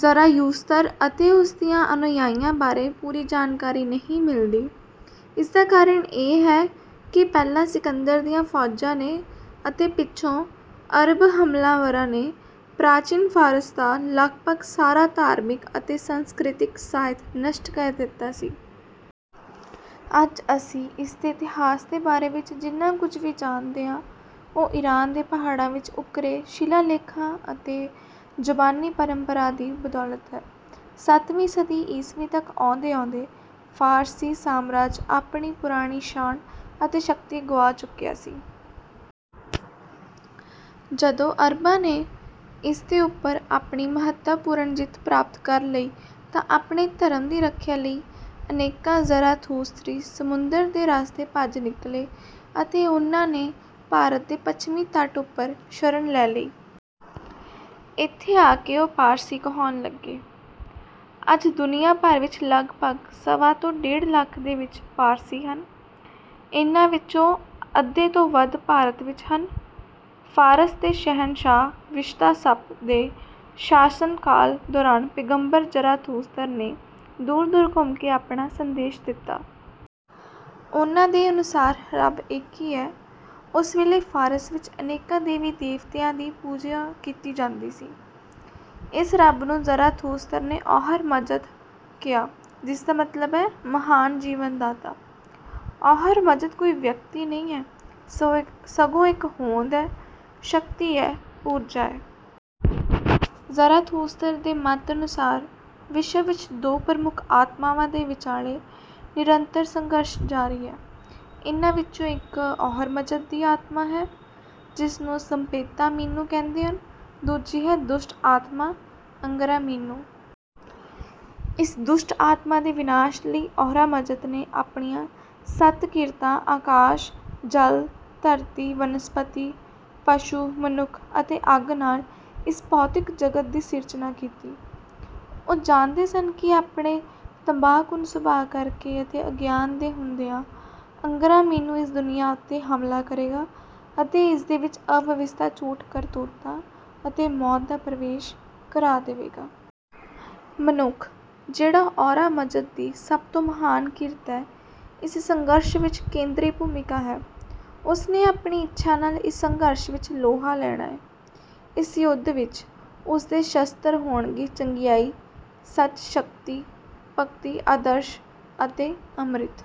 ਜ਼ਰਾਯੂਸਤਰ ਅਤੇ ਉਸਦੇ ਅਨੁਯਾਈਆਂ ਬਾਰੇ ਪੂਰੀ ਜਾਣਕਾਰੀ ਨਹੀਂ ਮਿਲਦੀ। ਇਸਦਾ ਕਾਰਨ ਇਹ ਹੈ ਕਿ ਪਹਿਲਾਂ ਸਿਕੰਦਰ ਦੀਆਂ ਫੌਜਾਂ ਨੇ ਅਤੇ ਪਿੱਛੋਂ ਅਰਬ ਹਮਲਾਵਰਾਂ ਨੇ ਪ੍ਰਾਚੀਨ ਫ਼ਾਰਸ ਦਾ ਲਗਭਗ ਸਾਰਾ ਧਾਰਮਿਕ ਅਤੇ ਸੰਸਕ੍ਰਿਤਿਕ ਸਾਹਿਤ ਨਸ਼ਟ ਕਰ ਦਿੱਤਾ ਸੀ। ਅੱਜ ਅਸੀਂ ਇਸਦੇ ਇਤਿਹਾਸ ਦੇ ਬਾਰੇ ਵਿੱਚ ਜਿੰਨਾ ਕੁਝ ਵੀ ਜਾਣਦੇ ਹਾਂ ਉਹ ਈਰਾਨ ਦੇ ਪਹਾੜਾਂ ਵਿੱਚ ਉੱਕਰੇ ਸ਼ਿਲਾਲੇਖਾਂ ਅਤੇ ਜ਼ਬਾਨੀ ਪਰੰਪਰਾ ਦੀ ਬਦੌਲਤ ਹੈ। ਸੱਤਵੀਂ ਸਦੀ ਈਸਵੀ ਤੱਕ ਆਉਂਦੇ ਆਉਂਦੇ ਫ਼ਾਰਸੀ ਸਾਮਰਾਜ ਆਪਣੀ ਪੁਰਾਣੀ ਸ਼ਾਨ ਅਤੇ ਸ਼ਕਤੀ ਗੁਆ ਚੁੱਕਿਆ ਸੀ। ਜਦੋਂ ਅਰਬਾਂ ਨੇ ਇਸਦੇ ਉੱਪਰ ਆਪਣੀ ਮਹੱਤਵਪੂਰਨ ਜਿੱਤ ਪ੍ਰਾਪਤ ਕਰ ਲਈ ਤਾਂ ਆਪਣੇ ਧਰਮ ਦੀ ਰੱਖਿਆ ਲਈ ਅਨੇਕਾਂ ਜ਼ਰਾਥੂਸਤਰੀ ਸਮੁੰਦਰ ਦੇ ਰਸਤੇ ਭੱਜ ਨਿਕਲੇ ਅਤੇ ਉਹਨਾਂ ਨੇ ਭਾਰਤ ਦੇ ਪੱਛਮੀ ਤੱਟ ਉੱਪਰ ਸ਼ਰਨ ਲੈ ਲਈ। ਇੱਥੇ ਆਕੇ ਉਹ ਪਾਰਸੀ ਕਹਾਉਣ ਲੱਗੇ। ਅੱਜ ਦੁਨੀਆਂ ਭਰ ਵਿੱਚ ਲਗਭਗ ਸਵਾ ਤੋਂ ਡੇਢ ਲੱਖ ਦੇ ਵਿੱਚ ਪਾਰਸੀ ਹਨ। ਇਹਨਾਂ ਵਿੱਚੋਂ ਅੱਧੇ ਤੋਂ ਵੱਧ ਭਾਰਤ ਵਿੱਚ ਹਨ। ਫ਼ਾਰਸ ਦੇ ਸ਼ਹਿਨਸ਼ਾਹ ਵਿਸ਼ਤਾਸਪ ਦੇ ਸ਼ਾਸਨਕਾਲ ਦੌਰਾਨ ਪੈਗੰਬਰ ਜ਼ਰਾਥੂਸਤਰ ਨੇ ਦੂਰ ਦੂਰ ਘੁੰਮ ਕੇ ਆਪਣਾ ਸੰਦੇਸ਼ ਦਿੱਤਾ। ਉਹਨਾਂ ਦੇ ਅਨੁਸਾਰ ਰੱਬ ਇੱਕ ਹੀ ਹੈ। ਉਸ ਵੇਲੇ ਫ਼ਾਰਸ ਵਿੱਚ ਅਨੇਕਾਂ ਦੇਵੀ ਦੇਵਤਾਵਾਂ ਦੀ ਪੂਜਾ ਕੀਤੀ ਜਾਂਦੀ ਸੀ। ਇਸ ਰੱਬ ਨੂੰ ਜ਼ਰਾਥੂਸਤਰ ਨੇ ਅਹੁਰ ਮਜ਼ਦ ਕਿਹਾ ਜਿਸਦਾ ਮਤਲਬ ਹੈ ਮਹਾਨ ਜੀਵਨਦਾਤਾ। ਅਹੁਰ ਮਜ਼ਦ ਕੋਈ ਵਿਅਕਤੀ ਨਹੀਂ ਹੈ ਸਗੋਂ ਇੱਕ ਹੋਂਦ ਹੈ ਸ਼ਕਤੀ ਹੈ ਊਰਜਾ ਹੈ। ਜ਼ਰਾਥੂਸਤਰ ਦੇ ਮਤ ਅਨੁਸਾਰ ਵਿਸ਼ਵ ਵਿੱਚ ਦੋ ਪ੍ਰਮੁੱਖ ਆਤਮਾਵਾਂ ਦੇ ਵਿਚਾਲੇ ਨਿਰੰਤਰ ਸੰਘਰਸ਼ ਜਾਰੀ ਹੈ। ਇਹਨਾਂ ਵਿੱਚੋਂ ਇੱਕ ਅਹੁਰ ਮਜ਼ਦ ਦੀ ਆਤਮਾ ਹੈ ਜਿਸਨੂੰ ਸਪੇਂਤਾ ਮੀਨੂ ਕਹਿੰਦੇ ਹਨ। ਦੂਜੀ ਹੈ ਦੁਸ਼ਟ ਆਤਮਾ ਅੰਘਰਾ ਮੀਨੂ। ਇਸ ਦੁਸ਼ਟ ਆਤਮਾ ਦੇ ਵਿਨਾਸ਼ ਲਈ ਅਹੁਰਾ ਮਜ਼ਦ ਨੇ ਆਪਣੀਆਂ ਸੱਤ ਕਿਰਤਾਂ ਆਕਾਸ਼ ਜਲ ਧਰਤੀ ਵਨਸਪਤੀ ਪਸ਼ੂ ਮਨੁੱਖ ਅਤੇ ਅੱਗ ਨਾਲ਼ ਇਸ ਭੌਤਿਕ ਜਗਤ ਦੀ ਸਿਰਜਣਾ ਕੀਤੀ। ਉਹ ਜਾਣਦੇ ਸਨ ਕਿ ਆਪਣੇ ਤਬਾਹਕੁੰਨ ਸੁਭਾਅ ਕਰਕੇ ਅਤੇ ਅਗਿਆਨ ਦੇ ਹੁੰਦਿਆਂ ਅੰਘਰਾ ਮੀਨੂ ਇਸ ਦੁਨੀਆਂ ਉੱਤੇ ਹਮਲਾ ਕਰੇਗਾ ਅਤੇ ਇਸਦੇ ਵਿੱਚ ਅਵਿਵਸਥਾ ਝੂਠ ਕਰੂਰਤਾ ਅਤੇ ਮੌਤ ਦਾ ਪ੍ਰਵੇਸ਼ ਕਰਾ ਦੇਵੇਗਾ। ਮਨੁੱਖ ਜਿਹੜਾ ਅਹੁਰਾ ਮਜ਼ਦ ਦੀ ਸਭ ਤੋਂ ਮਹਾਨ ਕਿਰਤ ਹੈ ਇਸ ਸੰਘਰਸ਼ ਵਿੱਚ ਕੇਂਦਰੀ ਭੂਮਿਕਾ ਹੈ। ਉਸਨੇ ਆਪਣੀ ਇੱਛਾ ਨਾਲ਼ ਇਸ ਸੰਘਰਸ਼ ਵਿੱਚ ਲੋਹਾ ਲੈਣਾ ਹੈ। ਇਸ ਯੁੱਧ ਵਿੱਚ ਉਸਦੇ ਸ਼ਸਤਰ ਹੋਣਗੇ ਚੰਗਿਆਈ ਸੱਚ ਸ਼ਕਤੀ ਭਗਤੀ ਆਦਰਸ਼ ਅਤੇ ਅਮ੍ਰਿਤ।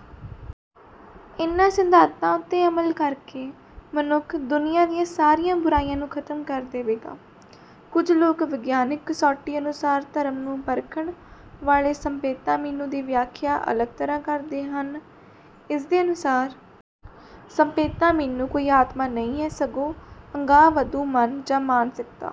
ਇਹਨਾਂ ਸਿਧਾਂਤਾਂ ਉੱਤੇ ਅਮਲ ਕਰਕੇ ਮਨੁੱਖ ਦੁਨੀਆਂ ਦੀਆਂ ਸਾਰੀਆਂ ਬੁਰਾਈਆਂ ਨੂੰ ਖ਼ਤਮ ਕਰ ਦੇਵੇਗਾ। ਕੁਝ ਲੋਕ ਵਿਗਿਆਨਕ ਕਸੌਟੀ ਅਨੁਸਾਰ ਧਰਮ ਨੂੰ ਪਰਖਣ ਵਾਲੇ ਸਪੇਂਤਾ ਮੀਨੂ ਦੀ ਵਿਆਖਿਆ ਅਲੱਗ ਤਰ੍ਹਾਂ ਕਰਦੇ ਹਨ। ਇਸਦੇ ਅਨੁਸਾਰ ਸਪੇਂਤਾ ਮੀਨੂ ਕੋਈ ਆਤਮਾ ਨਹੀਂ ਹੈ ਸਗੋਂ ਅਗਾਂਹਵਧੂ ਮਨ ਜਾਂ ਮਾਨਸਿਕਤਾ